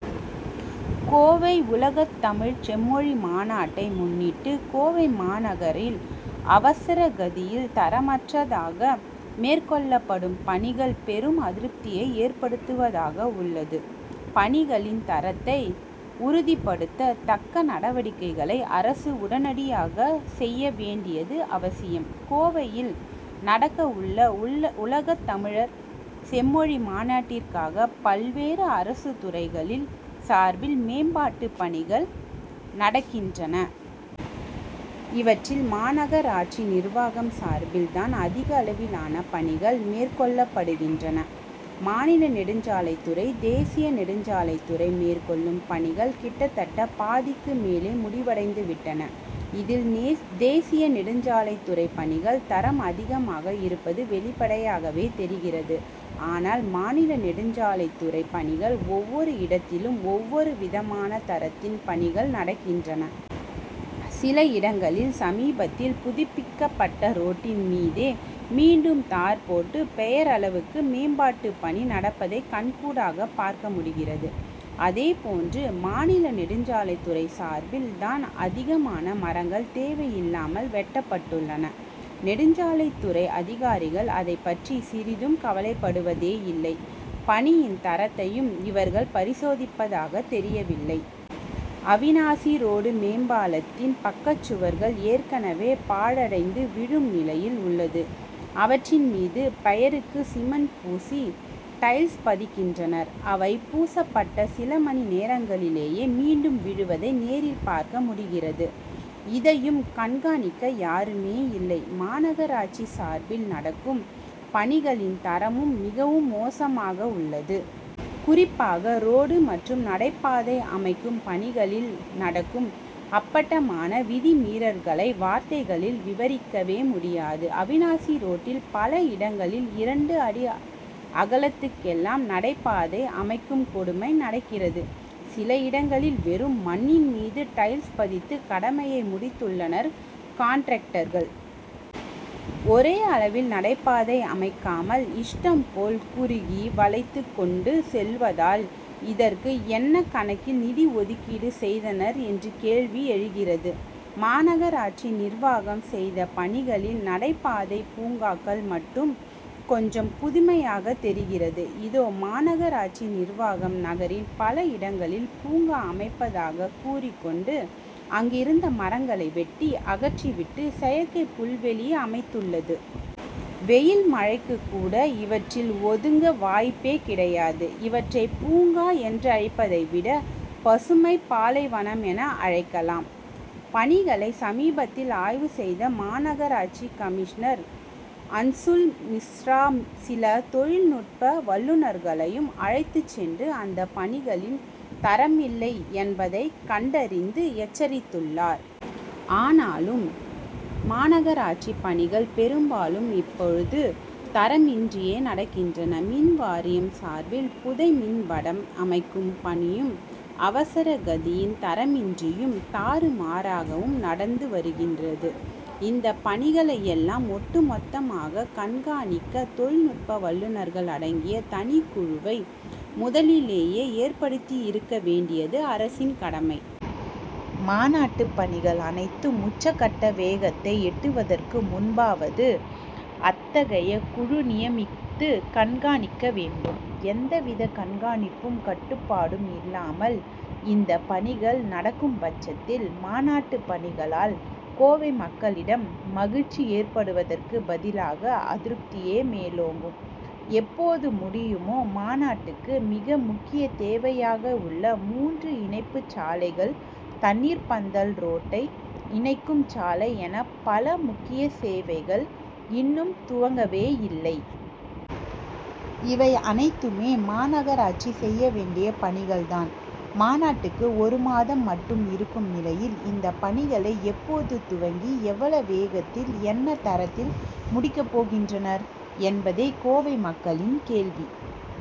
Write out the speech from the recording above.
கோவை உலகத்தமிழ்ச் செம்மொழி மாநாட்டை முன்னிட்டு கோவை மாநகரில் அவசர கதியில் தரமற்றதாக மேற்கொள்ளப்படும் பணிகள் பெரும் அதிருப்தியை ஏற்படுத்துவதாக உள்ளன. பணிகளின் தரத்தை உறுதிப்படுத்த தக்க நடவடிக்கைகளை அரசு உடனடியாக செய்ய வேண்டியது அவசியம். கோவையில் நடக்கவுள்ள உலகத்தமிழ்ச் செம்மொழி மாநாட்டுக்காக பல்வேறு அரசுத் துறைகளின் சார்பில் மேம்பாட்டுப் பணிகள் நடக்கின்றன. இவற்றில் மாநகராட்சி நிர்வாகம் சார்பில் தான் அதிகளவிலான பணிகள் மேற்கொள்ளப்படுகின்றன. மாநில நெடுஞ்சாலைத்துறை தேசிய நெடுஞ்சாலைத்துறை மேற்கொள்ளும் பணிகள் கிட்டத்தட்ட பாதிக்கும் மேலே முடிவடைந்து விட்டன. இதில் தேசிய நெடுஞ்சாலைத்துறை பணிகளில் தரம் அதிகமாக இருப்பது வெளிப்படையாகத் தெரிகிறது. ஆனால் மாநில நெடுஞ்சாலைத்துறைப் பணிகளில் ஒவ்வொரு இடத்திலும் ஒவ்வொரு விதமான தரத்தில் பணிகள் நடக்கின்றன. சில இடங்களில் சமீபத்தில் புதுப்பிக்கப்பட்ட ரோட்டின் மீதே மீண்டும் தார் போட்டு பெயரளவுக்கு மேம்பாட்டுப் பணி நடப்பதை கண்கூடாகப் பார்க்க முடிகிறது. அதேபோன்று மாநில நெடுஞ்சாலைத்துறை சார்பில் தான் அதிகமான மரங்கள் தேவையில்லாமல் வெட்டப்பட்டுள்ளன. நெடுஞ்சாலைத்துறை அதிகாரிகள் அதைப் பற்றி சிறிதும் கவலைப்படுவதே இல்லை. பணியின் தரத்தையும் இவர்கள் பரிசோதிப்பதாகத் தெரியவில்லை. அவினாசி ரோடு மேம்பாலத்தின் பக்கச்சுவர்கள் ஏற்கனவே பாழடைந்து விழும் நிலையில் உள்ளன. அவற்றின் மீது பெயருக்கு சிமெண்ட் பூசி டைல்ஸ் பதிக்கின்றனர். அவை பூசப்பட்ட சில மணி நேரங்களிலேயே மீண்டும் விழுவதை நேரில் பார்க்க முடிகிறது. இதையும் கண்காணிக்க யாருமேயில்லை. மாநகராட்சி சார்பில் நடக்கும் பணிகளின் தரமும் மிக மோசமாகவுள்ளது. குறிப்பாக ரோடு மற்றும் நடைபாதை அமைக்கும் பணிகளில் நடக்கும் அப்பட்டமான விதி மீறல்களை வார்த்தைகளில் விவரிக்கவே முடியாது. அவினாசி ரோட்டில் பல இடங்களில் இரண்டு அடி அகலத்துக்கெல்லாம் நடைபாதை அமைக்கும் கொடுமை நடக்கிறது. சில இடங்களில் வெறும் மண்ணின் மீது டைல்ஸ் பதித்து கடமையை முடித்துள்ளனர் காண்ட்ராக்டர்கள். ஒரே அளவில் நடைபாதை அமைக்காமல் இஷ்டம்போல் குறுக்கி வளைத்து கொண்டு செல்வதால் இதற்கு என்ன கணக்கில் நிதி ஒதுக்கீடு செய்தனர் என்ற கேள்வி எழுகிறது. மாநகராட்சி நிர்வாகம் செய்த பணிகளில் நடைபாதைப் பூங்காக்கள் மட்டுமே கொஞ்சம் புதுமையாகத் தெரிகிறது. இதே மாநகராட்சி நிர்வாகம் நகரின் பல இடங்களில் பூங்கா அமைப்பதாகக் கூறிக் கொண்டு அங்கிருந்த மரங்களை வெட்டி அகற்றி விட்டு செயற்கைப் புல்வெளியை அமைத்துள்ளது. வெயில் மழைக்குக் கூட இவற்றில் ஒதுங்க வாய்ப்பே கிடையாது. இவற்றை பூங்கா என்றழைப்பதை விட பசுமைப் பாலைவனமென அழைக்கலாம். பணிகளை சமீபத்தில் ஆய்வு செய்த மாநகராட்சி கமிஷனர் அன்சுல் மிஸ்ரா சில தொழில்நுட்ப வல்லுனர்களையும் அழைத்துச் சென்று அந்தப் பணிகளில் தரமில்லை என்பதைக் கண்டறிந்து எச்சரித்துள்ளார். ஆனாலும் மாநகராட்சிப் பணிகள் பெரும்பாலும் இப்போதும் தரமின்றியே நடக்கின்றன. மின் வாரியம் சார்பில் புதை மின் வடம் அமைக்கும் பணியும் அவசர கதியில் தரமின்றியும் தாறுமாறாகவும் நடந்து வருகிறது. இந்த பணிகளை எல்லாம் ஒட்டு மொத்தமாகக் கண்காணிக்க தொழில்நுட்ப வல்லுனர்கள் அடங்கிய தனிக்குழுவை முதலிலேயே ஏற்படுத்தியிருக்க வேண்டியது அரசின் கடமை. மாநாட்டுப் பணிகள் அனைத்தும் உச்ச கட்ட வேகத்தை எட்டுவதற்கு முன்பாவது அத்தகைய குழுவை நியமித்து கண்காணிக்க வேண்டும். எந்த வித கண்காணிப்பும் கட்டுப்பாடும் இல்லாமல் இந்த பணிகள் நடக்கும்பட்சத்தில் மாநாட்டுப் பணிகளால் கோவை மக்களிடம் மகிழ்ச்சி ஏற்படுவதற்குப் பதிலாக அதிருப்தியே மேலோங்கும். எப்போது முடியுமோ மாநாட்டுக்கு மிக முக்கியத் தேவையாகவுள்ள மூன்று இணைப்புச் சாலைகள் தண்ணீர்ப் பந்தல் ரோட்டை இணைக்கும் சாலை என பல முக்கிய வேலைகள் இன்னும் துவங்கவே இல்லை. இவை அனைத்துமே மாநகராட்சி செய்ய வேண்டிய பணிகள் தான். மாநாட்டுக்கு ஒரு மாதம் மட்டுமே இருக்கும் நிலையில் இந்தப் பணிகளை எப்போது துவங்கி எவ்வளவு வேகத்தில் என்ன தரத்தில் முடிக்கப்போகின்றனர் என்பதே கோவை மக்களின் கேள்வி.